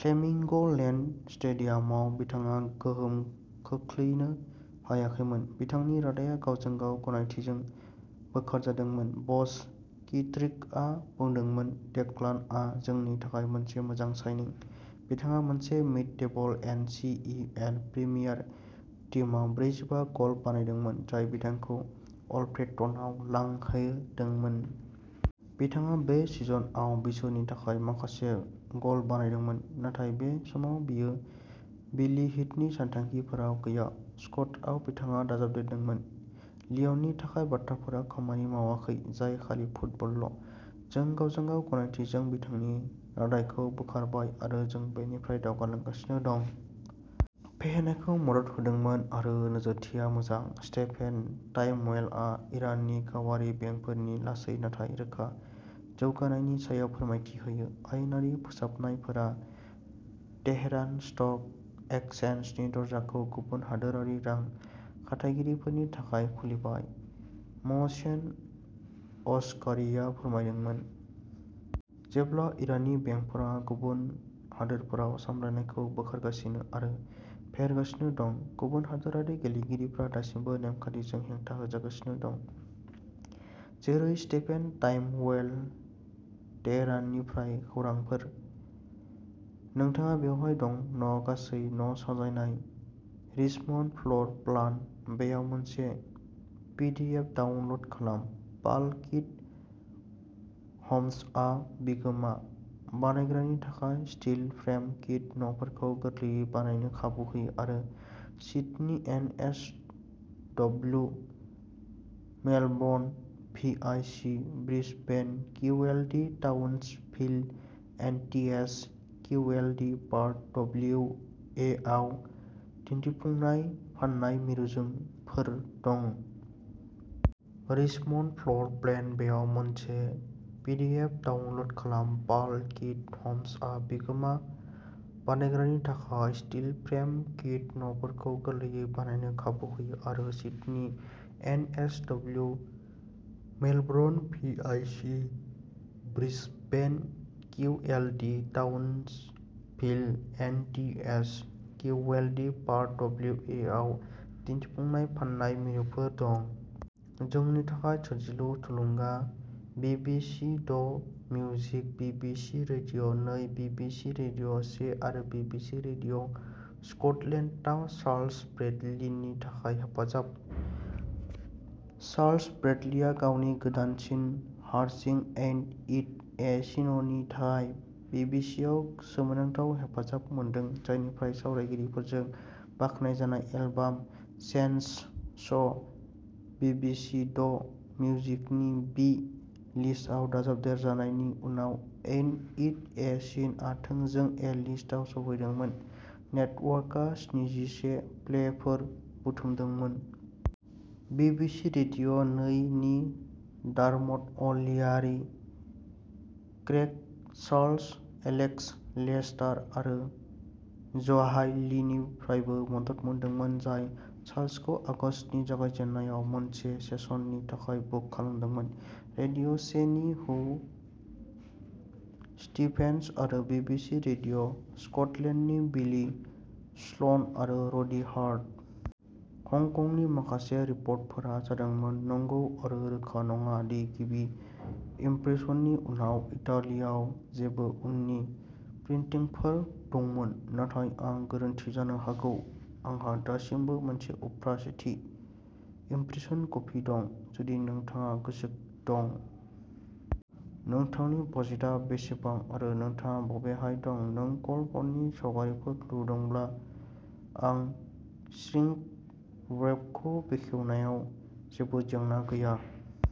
फ्लेमिंग'लेन्ड स्टेडियामाव बिथाङा गोहोम खोख्लैनो हायाखैमोन। बिथांनि रादाइया गावजों-गाव गनायथिजों बोखारजादोंमोन। बस किट्रिकआ बुंदोंमोन डेक्लानआ जोंनि थाखाय मोनसे मोजां साइनिं। बिथाङा मोनसे mid table N C E L premier टीमआव ब्रैजिबा गल बानायदोंमोन, जाय बिथांखौ अल्फ्रेटनआव लांहोदोंमोन। बिथाङा बे सिजनआव बिसोरनि थाखाय माखासे गल बानायदोंमोन, नाथाय बे समाव बियो बिली हीथनि सानथांखिफोराव गैया। स्कटआव बिथाङा दाजाबदेरदोंमोन लिय'ननि थाखाय बाथ्राफोरा खामानि मावाखै, जाय खालि फुटबलल'। जों गावजों-गाव गनायथिजों बिथांनि रादाइखौ बोखारबाय आरो जों बेनिफ्राय दावगालांगासिनो दं। फेहेरनायखौ मदद होदोंमोन आरो नोजोरथिया मोजां। स्टेफेन टाइमवेलआ इराननि गावारि बेंकफोरनि लासै नाथाय रोखा जौगानायनि सायाव फोरमायथि होयो। आयेनारि फोसाबनायफोरा तेहरान स्टक एक्सचेन्जनि दरजाखौ गुबुन हादोरारि रां खाथायगिरिफोरनि थाखाय खुलिबाय, महसेन असगारिआ फोरमायदोंमोन। जेब्ला इराननि बेंकफोरा गुबुन हादोरफोराव सामलायनायखौ बोखारगासिनो आरो फेहेरगासिनो दं, गुबुन हादोरारि गेलेगिरिफोरा दासिमबो नेमखान्थिजों हेंथा होजागासिनो दं, जेरै स्टेफेन टाइमवेल। तेहराननिफ्राय खौरांफोर। नोंथाङा बेवहाय दं न'गासै न' साजायनाय रिचमन्ड फ्ल'र प्लान-बेयाव मोनसे पिडिएफ डाउनल'ड खालाम-पाल किट ह'म्सआ बिगोमा बानायग्रानि थाखाय स्टिल फ्रेम किट न'फोरखौ गोरलैयै बानायनो खाबु होयो आरो Sydney NSW, Melbourne VIC, Brisbane QLD, Townsville NTH QLD, Perth डब्लिउएआव दिन्थिफुंनाय फान्नाय मिरुफोर दं। रिचमन्ड फ्ल'र प्लेन-बेयाव मोनसे पिडिएफ डाउनल'ड खालाम-पाल किट ह'म्सआ बिगोमा बानायग्रानि थाखाय स्टिल फ्रेम किट न'फोरखौ गोरलैयै बानायनो खाबु होयो आरो Sydney NSW, Melbourne VIC, Brisbane QLD, Townsville NTH QLD, Perth डब्लिउएआव दिन्थिफुंनाय/फान्नाय मिरुफोर दं। जोंनि थाखाय सोरजिलु थुलुंगा। BBC the' music, BBC radio' नै, बिबिसि रेडिय' से आरो बिबिसि रेडिय'स्कटलेन्डआव चार्ल्स ब्रेडलिनि थाखाय हेफाजाब! चार्ल्स ब्रेडलिआ गावनि गोदानसिन हारसिं'एइन्ट इट ए सिन'नि थाखाय बिबिसिआव सोमोनांथाव हेफाजाब मोनदों, जायनिफ्राय सावरायगिरिफोरजों बाख्नायजानाय एलबाम'चेन्जस' बिबिसि द' मिउजिकनि बि लिस्टआव दाजाबदेरजानायनि उनाव, एइन्ट इट ए सिनआ थोंजों ए लिस्टआव सौहैदोंमोन, नेटवर्कआव स्निजिसे प्लेफोर बुथुमदोंमोन। बिबिसि रेडिय' नै नि Dermot O'Leary, Craig Charles, Alex Lester आरो ज'व्हाइलीनिफ्रायबो मदद मोनदोंमोन, जाय चार्ल्सखौ आगस्तनि जागायजेन्नायाव मोनसे सेसननि थाखाय बुक खालामदोंमोन, रेडिय' से नि हुव स्टीफेन्स आरो बिबिसि रेडिय'स्कटलेन्डनि बिली स्ल'न आरो रडी हार्ट। हंकंनि माखासे रिप्रिन्टफोर जादोंमोन, नंगौ आं रोखा नङा दि गिबि इम्प्रेशननि उनाव इटालियाव जेबो उननि प्रिन्टिंफोर दंमोन, नाथाय आं गोरोन्थि जानो हागौ। आंहा दासिमबो मोनसे उफ्रा सेथि इम्प्रेशन कपि दं, जुदि नोंथाङा गोसो दं। नोंथांनि बाजेटआ बेसेबां आरो नोंथाङा बबेहाय दं नों कल फननि सावगारिफोर लुबैदोंब्ला आं श्रिंकव्रेपखौ खेवनायाव जेबो जेंना गैया।